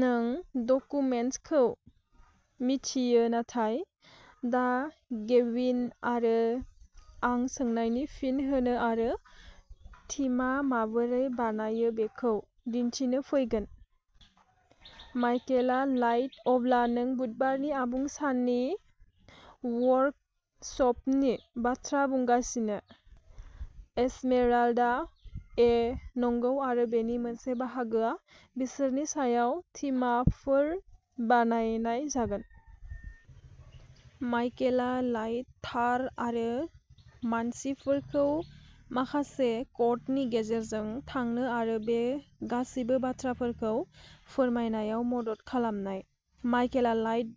नों डकुमेन्टेसनखौ मिथियो नाथाय दा गेविन आरो आं सोंनायनि फिन होनो आरो थिमा माबोरै बानायो बेखौ दिन्थिनो फैगोन। माइकेला लाइट अब्ला नों बुधबारनि आबुं साननि वर्कसपनि बाथ्रा बुंगासिनो? एस्मेराल्डा ए नंगौ आरो बेनि मोनसे बाहागोआ बिसोरनि सायाव थिमाफोर बानायनाय जागोन। माइकेला लाइट थार आरो मानसिफोरखौ माखासे क'डनि गेजेरजों थांनो आरो बे गासैबो बाथ्राफोरखौ फोरमायनायाव मदद खालामनाय। माइकेला लाइट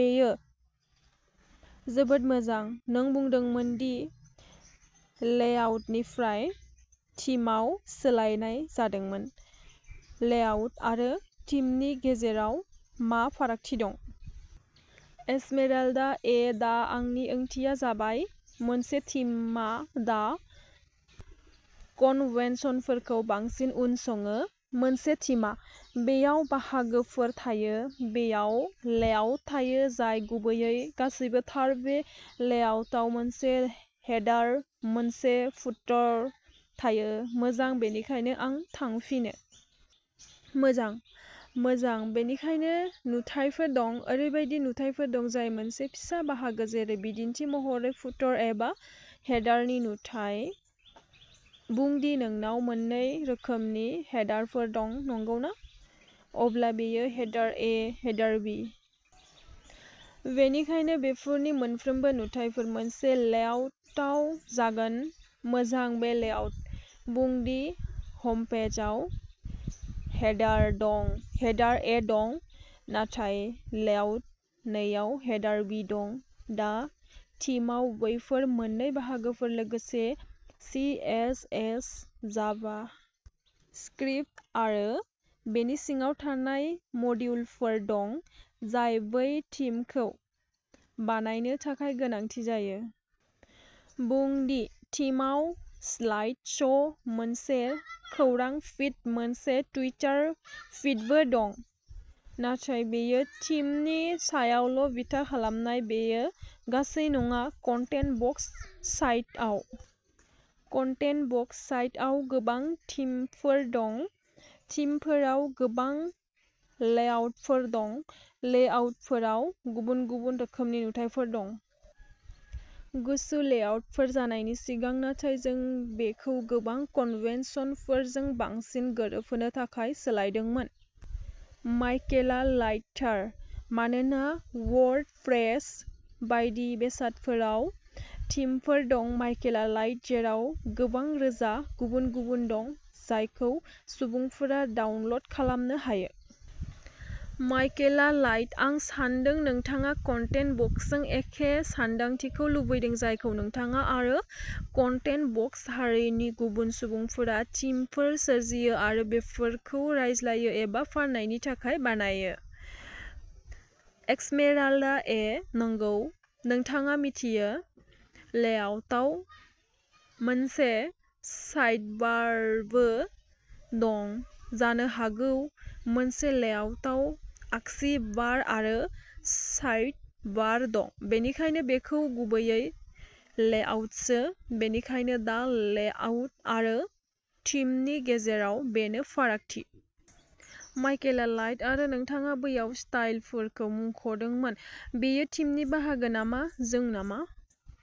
बेयो जोबोद मोजां। नों बुंदोंमोन दि लेआउटनिफ्राय थिमाव सोलायनाय जादोंमोन। लेआउट आरो थिमनि गेजेराव मा फारागथि दं? एस्मेराल्डा ए दा आंनि ओंथिया जाबाय मोनसे थिमा दा कन्वेन्शनफोरखौ बांसिन उनसङो। मोनसे थिमा। बेयाव बाहागोफोर थायो, बेयाव लेआउट थायो जाय गुबैयै गासैबो थार बे लेआउटआव मोनसे हेडार, मोनसे फुटर थायो, मोजां, बेनिखायनो आं थांफिनो। मोजां। मोजां, बेनिखायनो नुथायफोर दं। ओरैबायदि नुथायफोर दं जाय मोनसे फिसा बाहागो जेरै बिदिन्थि महरै फुटर एबा हेडारनि नुथाय। बुं दि नोंनाव मोननै रोखोमनि हेडारफोर दं, नंगौना? अब्ला बेयो हेडार ए, हेडार बी। बेनिखायनो बेफोरनि मोनफ्रोमबो नुथायफोर। मोनसे लेआउटाव जागोन, मोजां बे लेआउट, बुं दि हमपेजआव हेडार दं हेडार ए दं नाथाय लेआउट नैआव हेडार बी दं, दा थीमआव बैफोर मोन्नै बाहागोफोर लोगोसे C S S JavaScript आरो बेनि सिङाव थानाय मडिउलफोर दं जाय बै थीमखौ बानायनो थाखाय गोनांथि जायो। बुं दि थीमआव स्लाइड श', मोनसे खौरां फीड, मोनसे टुइटार फीडबो दं, नाथाय बेयो थिमनि सायावल' बिथा खालामनाय। बेयो गासै नङा, कन्टेन्ट बक्स साइटआव। कन्टेन्ट बक्स साइटआव गोबां थीमफोर दं, थीमफोराव गोबां लेआउटफोर दं, लेआउटफोराव गुबुन-गुबुन रोखोमनि नुथायफोर दं। गुसु लेआउटफोर जानायनि सिगां नाथाय जों बेखौ गोबां कन्वेन्शनफोरजों बांसिन गोरोबहोनो थाखाय सोलायदोंमोन। माइकेला लाइट थार। मानोना वर्ड प्रेस बायदि बेसादफोराव थीमफोर दं। माइकेला लाइट जेराव गोबां रोजा गुबुन-गुबुन दं जायखौ सुबुंफोरा डाउनल'ड खालामनो हायो। माइकेला लाइट आं सान्दों नोंथाङा कन्टेन्ट बक्सजों एखे सानदांथिखौ लुबैदों जायखौ नोंथाङा आरो कन्टेन्ट बक्स हारिनि गुबुन सुबुंफोरा थीमफोर सोरजियो आरो बेफोरखौ रानलायो एबा फाननायनि थाखाय बानायो। एस्मेराल्डा ए नंगौ। नोंथाङा मिथियो, लेआउटआव मोनसे साइडबारबो दं, जानो हागौ मोनसे लेआउटआव आगसि बार आरो साइड बार दं, बेनिखायनो बेनो गुबैयै लेआउटसो, बेनिखायनो दा लेआउट आरो थीमनि गेजेराव बेनो फारागथि। माइकेला लाइट आरो नोंथाङा बैयाव स्टाइलफोरखौ मुंख'दोंमोन। बेयो थीमनि बाहागो नामा? जों नामा?